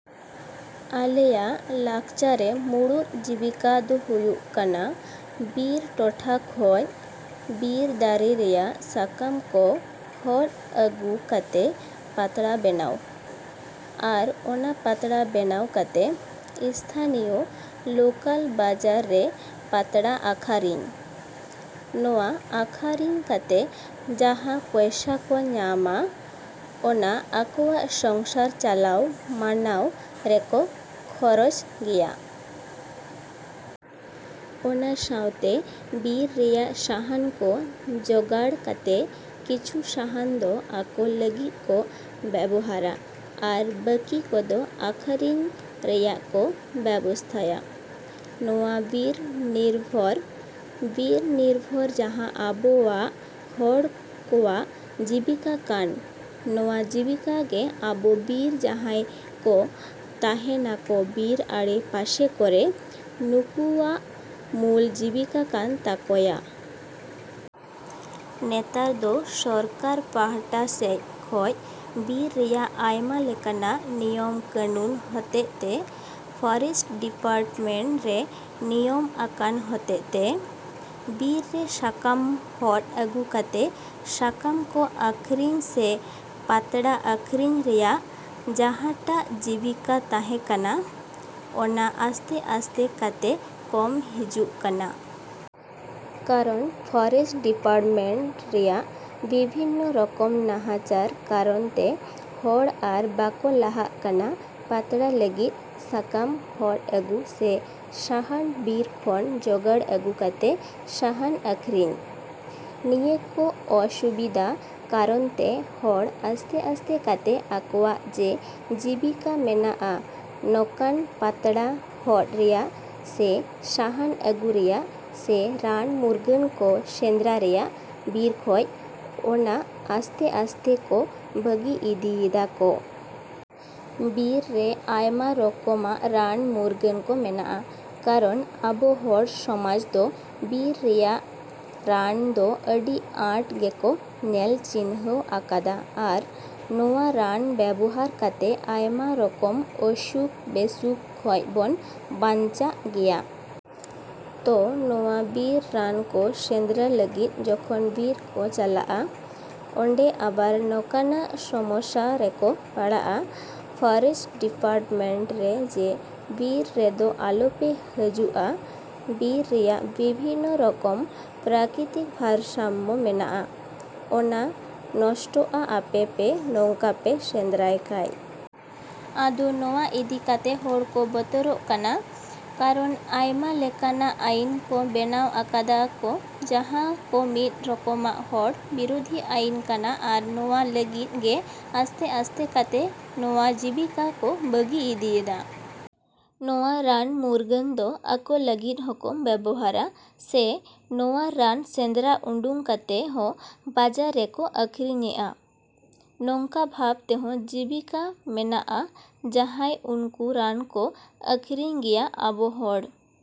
ᱟᱞᱮᱭᱟᱜ ᱞᱟᱠᱪᱟᱨᱮ ᱢᱩᱲᱩᱫ ᱡᱤᱵᱤᱠᱟ ᱫᱚ ᱦᱩᱭᱩᱜ ᱠᱟᱱᱟ ᱵᱤᱨ ᱴᱚᱴᱷᱟ ᱠᱷᱚᱡ ᱵᱤᱨ ᱫᱟᱨᱮ ᱨᱮᱭᱟᱜ ᱥᱟᱠᱟᱢ ᱠᱚ ᱦᱚᱫᱽ ᱟᱹᱜᱩ ᱠᱟᱛᱮ ᱯᱟᱛᱲᱟ ᱵᱮᱱᱟᱣ, ᱟᱨ ᱚᱱᱟ ᱯᱟᱛᱲᱟ ᱵᱮᱱᱟᱣ ᱠᱟᱛᱮ ᱤᱥᱛᱷᱟᱱᱤᱭᱳ ᱞᱳᱠᱟᱞ ᱵᱟᱡᱟᱨ ᱨᱮ ᱯᱟᱛᱲᱟ ᱟᱠᱷᱟᱨᱤᱧ᱾ ᱱᱚᱣᱟ ᱟᱠᱷᱟᱨᱤᱧ ᱠᱟᱛᱮ ᱡᱟᱦᱟᱸ ᱯᱚᱭᱥᱟ ᱠᱚ ᱧᱟᱢᱟ, ᱚᱱᱟ ᱟᱠᱚᱭᱟᱜ ᱥᱚᱝᱥᱟᱨ ᱪᱟᱞᱟᱣ ᱢᱟᱱᱟᱣ ᱨᱮᱠᱚ ᱠᱷᱚᱨᱚᱪ ᱜᱮᱭᱟ᱾ ᱚᱱᱟ ᱥᱟᱶᱛᱮ ᱵᱤᱨ ᱨᱮᱭᱟᱜ ᱥᱟᱦᱟᱱ ᱠᱚ ᱡᱚᱜᱟᱲ ᱠᱟᱛᱮ ᱠᱤᱪᱷᱩ ᱥᱟᱦᱟᱱ ᱫᱚ ᱟᱠᱚ ᱞᱟᱹᱜᱤᱫ ᱠᱚ ᱵᱮᱵᱚᱦᱟᱨᱟ ᱟᱨ ᱵᱟᱹᱠᱤ ᱠᱚᱫᱚ ᱟᱠᱷᱟᱨᱤᱧ ᱨᱮᱭᱟᱜ ᱠᱚ ᱵᱮᱵᱚᱥᱛᱷᱟᱭᱟ᱾ ᱱᱚᱣᱟ ᱵᱤᱨ ᱱᱤᱨᱵᱷᱚᱨ, ᱵᱤᱨ ᱱᱤᱨᱵᱷᱚᱨ ᱡᱟᱦᱟᱸ ᱟᱵᱚᱭᱟᱜ ᱦᱚᱲ ᱠᱚᱣᱟᱜ ᱡᱤᱵᱤᱠᱟ ᱠᱟᱱ, ᱱᱚᱣᱟ ᱡᱤᱵᱤᱠᱟ ᱜᱮ ᱟᱵᱚ ᱵᱤᱨ ᱡᱟᱦᱟᱭ ᱠᱚ ᱛᱟᱦᱮᱱᱟᱠᱚ ᱵᱤᱨ ᱟᱲᱮ ᱯᱟᱥᱮ ᱠᱚᱨᱮ, ᱱᱩᱠᱩᱭᱟᱜ ᱢᱩᱞ ᱡᱤᱵᱤᱠᱟ ᱠᱟᱱ ᱛᱟᱠᱚᱭᱟ᱾ ᱱᱮᱛᱟᱨ ᱫᱚ ᱥᱚᱨᱠᱟᱨ ᱯᱟᱦᱴᱟ ᱥᱮᱡ ᱠᱷᱚᱡ ᱵᱤᱨ ᱨᱮᱭᱟᱜ ᱟᱭᱢᱟ ᱞᱮᱠᱟᱱᱟᱜ ᱱᱤᱭᱚᱢ ᱠᱟᱹᱱᱩᱱ ᱦᱚᱛᱮᱫ ᱛᱮ, ᱯᱷᱚᱨᱮᱥᱴ ᱰᱤᱯᱟᱨᱴᱢᱮᱱᱴ ᱨᱮ ᱱᱤᱭᱚᱢ ᱟᱠᱟᱱ ᱦᱚᱛᱮᱫ ᱛᱮ, ᱵᱤᱨ ᱨᱮ ᱥᱟᱠᱟᱢ ᱦᱚᱫᱽ ᱟᱹᱜᱩ ᱠᱟᱛᱮ ᱥᱟᱠᱟᱢ ᱠᱚ ᱟᱠᱷᱨᱤᱧ ᱥᱮ ᱯᱟᱛᱲᱟ ᱟᱹᱠᱷᱨᱤᱧ ᱨᱮᱭᱟᱜ ᱡᱟᱦᱟᱴᱟᱜ ᱡᱤᱵᱤᱠᱟ ᱛᱟᱦᱮᱸ ᱠᱟᱱᱟ, ᱚᱱᱟ ᱟᱥᱛᱮ ᱟᱥᱛᱮ ᱠᱟᱛᱮ ᱠᱚᱢ ᱦᱤᱡᱩᱜ ᱠᱟᱱᱟ᱾ ᱠᱟᱨᱚᱱ ᱯᱷᱚᱨᱮᱥᱴ ᱰᱤᱯᱟᱨᱴᱢᱮᱱᱴ ᱨᱮᱭᱟᱜ ᱵᱤᱵᱷᱤᱱᱱᱚ ᱨᱚᱠᱚᱢ ᱱᱟᱦᱟᱪᱟᱨ ᱠᱟᱨᱚᱱ ᱛᱮ ᱦᱚᱲ ᱟᱨ ᱵᱟᱠᱚ ᱞᱟᱦᱟᱜ ᱠᱟᱱᱟ ᱯᱟᱛᱲᱟ ᱞᱟᱹᱜᱤᱫ ᱥᱟᱠᱟᱢ ᱦᱚᱫᱽ ᱟᱹᱜᱩ ᱥᱮ ᱥᱟᱦᱟᱱ ᱵᱤᱨ ᱠᱷᱚᱱ ᱡᱚᱜᱟᱲ ᱟᱹᱜᱩ ᱠᱟᱛᱮ ᱥᱟᱦᱟᱱ ᱟᱹᱠᱷᱨᱤᱧ᱾ ᱱᱤᱭᱟᱹ ᱠᱚ ᱚᱥᱩᱵᱤᱫᱟ ᱠᱟᱨᱚᱱ ᱛᱮ ᱦᱚᱲ ᱟᱥᱛᱮ ᱟᱥᱛᱮ ᱠᱟᱛᱮ ᱟᱠᱚᱣᱟᱜ ᱡᱮ ᱡᱤᱵᱤᱠᱟ ᱢᱮᱱᱟᱜᱼᱟ ᱱᱚᱠᱟᱱ ᱯᱟᱛᱲᱟ ᱦᱚᱫᱽ ᱨᱮᱭᱟᱜ ᱥᱮ ᱥᱟᱦᱟᱱ ᱟᱹᱜᱩ ᱨᱮᱭᱟᱜ ᱥᱮ ᱨᱟᱱ ᱢᱩᱨᱜᱟᱹᱱ ᱠᱚ ᱥᱮᱸᱫᱽᱨᱟ ᱨᱮᱭᱟᱜ ᱵᱤᱨ ᱠᱷᱚᱡ, ᱚᱱᱟ ᱟᱥᱛᱮ ᱟᱥᱛᱮ ᱠᱚ ᱵᱟᱹᱜᱤ ᱤᱫᱤᱭᱮᱫᱟ ᱠᱚ᱾ ᱵᱤᱨ ᱨᱮ ᱟᱭᱢᱟ ᱨᱚᱠᱚᱢᱟᱜ ᱨᱟᱱ ᱢᱩᱨᱜᱟᱹᱱ ᱠᱚ ᱢᱮᱱᱟᱜᱼᱟ, ᱠᱟᱨᱚᱱ ᱟᱵᱚ ᱦᱚᱲ ᱥᱚᱢᱟᱡᱽ ᱫᱚ ᱵᱤᱨ ᱨᱮᱭᱟᱜ ᱨᱟᱱ ᱫᱚ ᱟᱹᱰᱤ ᱟᱸᱴ ᱜᱮᱠᱚ ᱧᱮᱞ ᱪᱤᱱᱦᱟᱹᱣ ᱟᱠᱟᱫᱟ ᱟᱨ ᱱᱚᱣᱟ ᱨᱟᱱ ᱵᱮᱵᱚᱦᱟᱨ ᱠᱟᱛᱮ ᱟᱭᱢᱟ ᱨᱚᱠᱚᱢ ᱚᱥᱩᱠ ᱵᱮᱥᱩᱠ ᱠᱷᱚᱡ ᱵᱚᱱ ᱵᱟᱧᱪᱟᱜ ᱜᱮᱭᱟ᱾ ᱛᱚ ᱱᱚᱣᱟ ᱵᱤᱨ ᱨᱟᱱ ᱠᱚ ᱥᱮᱸᱫᱽᱨᱟ ᱞᱟᱹᱜᱤᱫ ᱡᱚᱠᱷᱚᱱ ᱵᱤᱨ ᱠᱚ ᱪᱟᱞᱟᱜᱼᱟ, ᱚᱸᱰᱮ ᱟᱵᱟᱨ ᱱᱚᱠᱟᱱᱟᱜ ᱥᱚᱢᱚᱥᱟ ᱨᱮᱠᱚ ᱯᱟᱲᱟᱜᱼᱟ ᱯᱷᱚᱨᱮᱥᱴ ᱰᱤᱯᱟᱨᱴᱢᱮᱱᱴ ᱨᱮ ᱡᱮ ᱵᱤᱨ ᱨᱮᱫᱚ ᱟᱞᱚ ᱯᱮ ᱦᱟᱹᱡᱩᱜᱼᱟ, ᱵᱤᱨ ᱨᱮᱭᱟᱜ ᱵᱤᱵᱷᱤᱱᱚ ᱨᱚᱠᱚᱢ ᱯᱨᱟᱠᱤᱛᱤᱠ ᱵᱷᱟᱨᱥᱟᱢᱢᱚ ᱢᱮᱱᱟᱜᱼᱟ, ᱚᱱᱟ ᱱᱚᱥᱴᱚᱜᱼᱟ ᱟᱯᱮ ᱯᱮ ᱱᱚᱝᱠᱟ ᱯᱮ ᱥᱮᱸᱫᱽᱨᱟᱭ ᱠᱷᱟᱡ᱾ ᱟᱫᱚ ᱱᱚᱣᱟ ᱤᱫᱤ ᱠᱟᱛᱮ ᱦᱚᱲ ᱠᱚ ᱵᱚᱛᱚᱨᱚᱜ ᱠᱟᱱᱟ, ᱠᱟᱨᱚᱱ ᱟᱭᱢᱟ ᱞᱮᱠᱟᱱᱟᱜ ᱟᱭᱤᱱ ᱠᱚ ᱵᱮᱱᱟᱣ ᱟᱠᱟᱫᱟ ᱠᱚ ᱡᱟᱦᱟᱸ ᱠᱚ ᱢᱤᱫ ᱨᱚᱠᱚᱢᱟᱜ ᱦᱚᱲ ᱵᱤᱨᱚᱫᱷᱤ ᱟᱭᱤᱱ ᱠᱟᱱᱟ ᱟᱨ ᱱᱚᱣᱟ ᱞᱟᱹᱜᱤᱫ ᱜᱮ ᱟᱥᱛᱮ ᱟᱥᱛᱮ ᱠᱟᱛᱮ ᱱᱚᱣᱟ ᱡᱤᱵᱤᱠᱟ ᱠᱚ ᱵᱟᱹᱜᱤ ᱤᱫᱤᱭᱮᱫᱟ᱾ ᱱᱚᱣᱟ ᱨᱟᱱ ᱢᱩᱨᱜᱟᱹᱱ ᱫᱚ ᱟᱠᱚ ᱞᱟᱹᱜᱤᱫ ᱦᱚᱸᱠᱚ ᱵᱮᱵᱚᱦᱟᱨᱟ ᱥᱮ ᱱᱚᱣᱟ ᱨᱟᱱ ᱥᱮᱸᱫᱽᱨᱟ ᱩᱰᱩᱝ ᱠᱟᱛᱮ ᱦᱚᱸ ᱵᱟᱡᱟᱨ ᱨᱮᱠᱚ ᱟᱠᱷᱨᱤᱧᱮᱜᱼᱟ, ᱱᱚᱝᱠᱟ ᱵᱷᱟᱵ ᱛᱮᱦᱚᱸ ᱡᱤᱵᱤᱠᱟ ᱢᱮᱱᱟᱜᱼᱟ ᱡᱟᱦᱟᱸᱭ ᱩᱱᱠᱩ ᱨᱟᱱ ᱠᱚ ᱟᱠᱷᱨᱤᱧ ᱜᱮᱭᱟ ᱟᱵᱚ ᱦᱚᱲ।